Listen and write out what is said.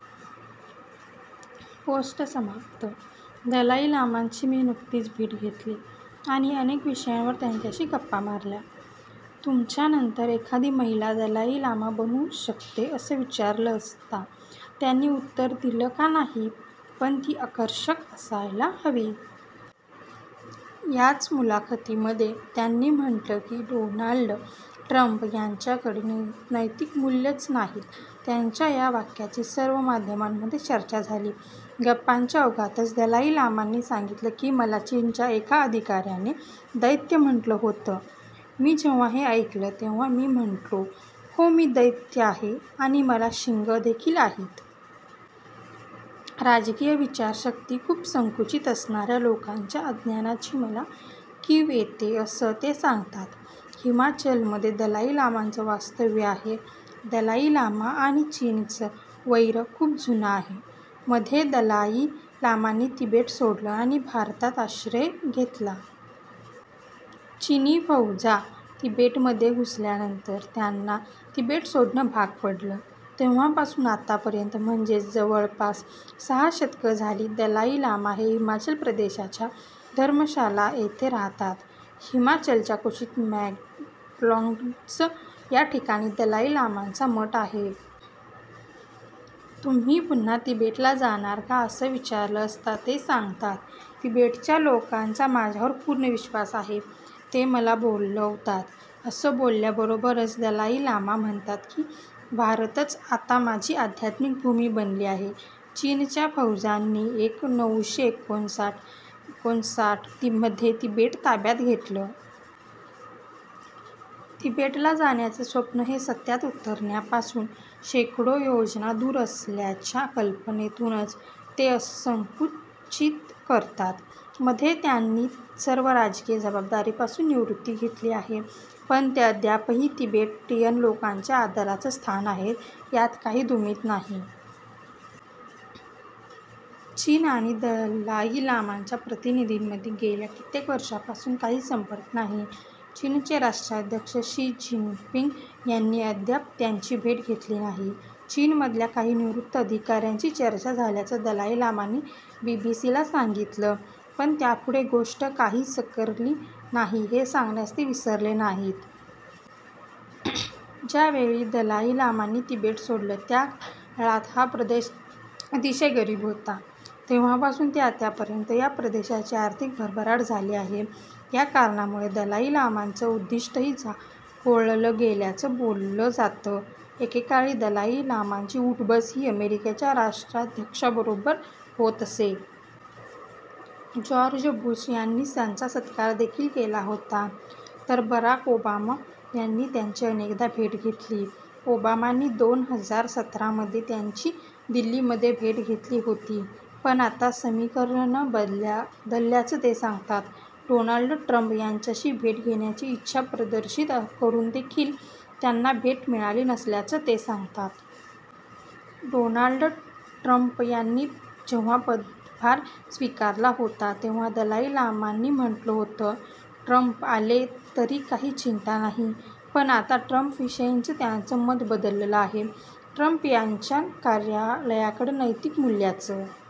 Post समाप्त, दलाई लामांची मी नुकतीच भेट घेतली आणि अनेक विषयांवर त्यांच्याशी गप्पा मारल्या. तुमच्यानंतर एखादी महिला दलाई लामा बनू शकते असं विचारलं असता त्यांनी उत्तर दिलं का नाही? पण ती आकर्षक असायला हवी. याच मुलाखतीमध्ये त्यांनी म्हटलं की डोनाल्ड ट्रंप यांच्याकडे नैतिक मूल्यंच नाहीत. त्यांच्या या वाक्याची सर्व माध्यमांमध्ये चर्चा झाली. गप्पाच्या ओघातच दलाई लामांनी सांगितलं की मला चीनच्या एका अधिकाऱ्याने दैत्य म्हटलं होतं. मी जेव्हा हे ऐकलं तेव्हा मी म्हटलो हो मी दैत्य आहे आणि मला शिंगं देखील आहेत. राजकीय विचारशक्ती खूप संकुचित असणाऱ्या लोकांच्या अज्ञानाची मला कीव येते असं ते सांगतात. हिमाचलमध्ये दलाई लामांचं वास्तव्य आहे. दलाई लामा आणि चीनचं वैर खूप जुनं आहे. मध्ये दलाई लामांनी तिबेट सोडलं आणि भारतात आश्रय घेतला. चिनी फौजा तिबेटमध्ये घुसल्यानंतर त्यांना तिबेट सोडणं भाग पडलं. तेव्हापासून आतापर्यंत म्हणजेच जवळपास सहा दशकं झाली दलाई लामा हे हिमाचल प्रदेशच्या धर्मशाला येथे राहतात. हिमालयाच्या कुशीत मॅकलॉडगंज या ठिकाणी दलाई लामांचा मठ आहे. तुम्ही पुन्हा तिबेटला जाणार का असं विचारलं असता ते सांगतात तिबेटच्या लोकांचा माझ्यावर पूर्ण विश्वास आहे. ते मला बोलवतात. असं बोलल्याबरोबरच दलाई लामा म्हणतात की भारतच आता माझी अध्यात्मिक भूमी बनली आहे. चीनच्या फौजांनी एक नऊशे एकूनसाठ एकोणसाठ मध्ये तिबेट ताब्यात घेतला. तिबेटला जाण्याचं स्वप्न हे सत्यात उतरण्यापासून शेकडो योजनं दूर असल्याच्या कल्पनेतूनच ते असं सूचित करतात. मध्ये त्यांनी सर्व राजकीय जबाबदारीपासून निवृत्ती घेतली आहे पण ते अद्यापही तिबेटियन लोकांच्या आदराचं स्थान आहेत यात काही दुमत नाही. चीन आणि दलाई लामांच्या प्रतिनिधींमध्ये गेल्या कित्येक वर्षांपासून काही संपर्क नाही. चीनचे राष्ट्राध्यक्ष शी जिनपिंग यांनी अद्याप त्यांची भेट घेतली नाही. चीनमधल्या काही निवृत्त अधिकाऱ्यांशी चर्चा झाल्याचं दलाई लामांनी बीबीसीला सांगितलं पण त्यापुढे गोष्ट काही सरकली नाही हे सांगण्यास ते विसरले नाहीत. ज्या वेळी दलाई लामांनी तिबेट सोडलं त्या काळात हा प्रदेश अतिशय गरीब होता. तेव्हापासून ते आतापर्यंत या प्रदेशाची आर्थिक भरभराट झाली आहे. याकारणामुळे दलाई लामांचं उद्दिष्टही झाकोळलं गेल्याचं बोललं जातं. एकेकाळी दलाई लामांची ऊठ-बस ही अमेरिकेच्या राष्ट्राध्यक्षाबरोबर होत असे. जॉर्ज बुश यांनी त्यांचा सत्कार देखील केला होता. तर बराक ओबामा यांनी त्यांची अनेकदा भेट घेतली. ओबामांनी दोन हजार सतरा मध्ये त्यांची दिल्लीमध्ये भेट घेतली होती. पण आता समीकरणं बदलल्याचं ते सांगतात. डोनाल्ड ट्रंप यांच्याशी भेट घेण्याची इच्छा प्रदर्शित करून देखील त्यांना भेट मिळाली नसल्याचं ते सांगतात. डोनाल्ड ट्रंप यांनी जेव्हा पदभार स्वीकारला होता तेव्हा दलाई लामांनी म्हटलं होतं, ट्रंप आले तरी काही चिंता नाही पण आता ट्रंपविषयीचं त्यांचं मत बदललं आहे. ट्रंप यांच्या कार्यालयाकडे नैतिक मूल्यचं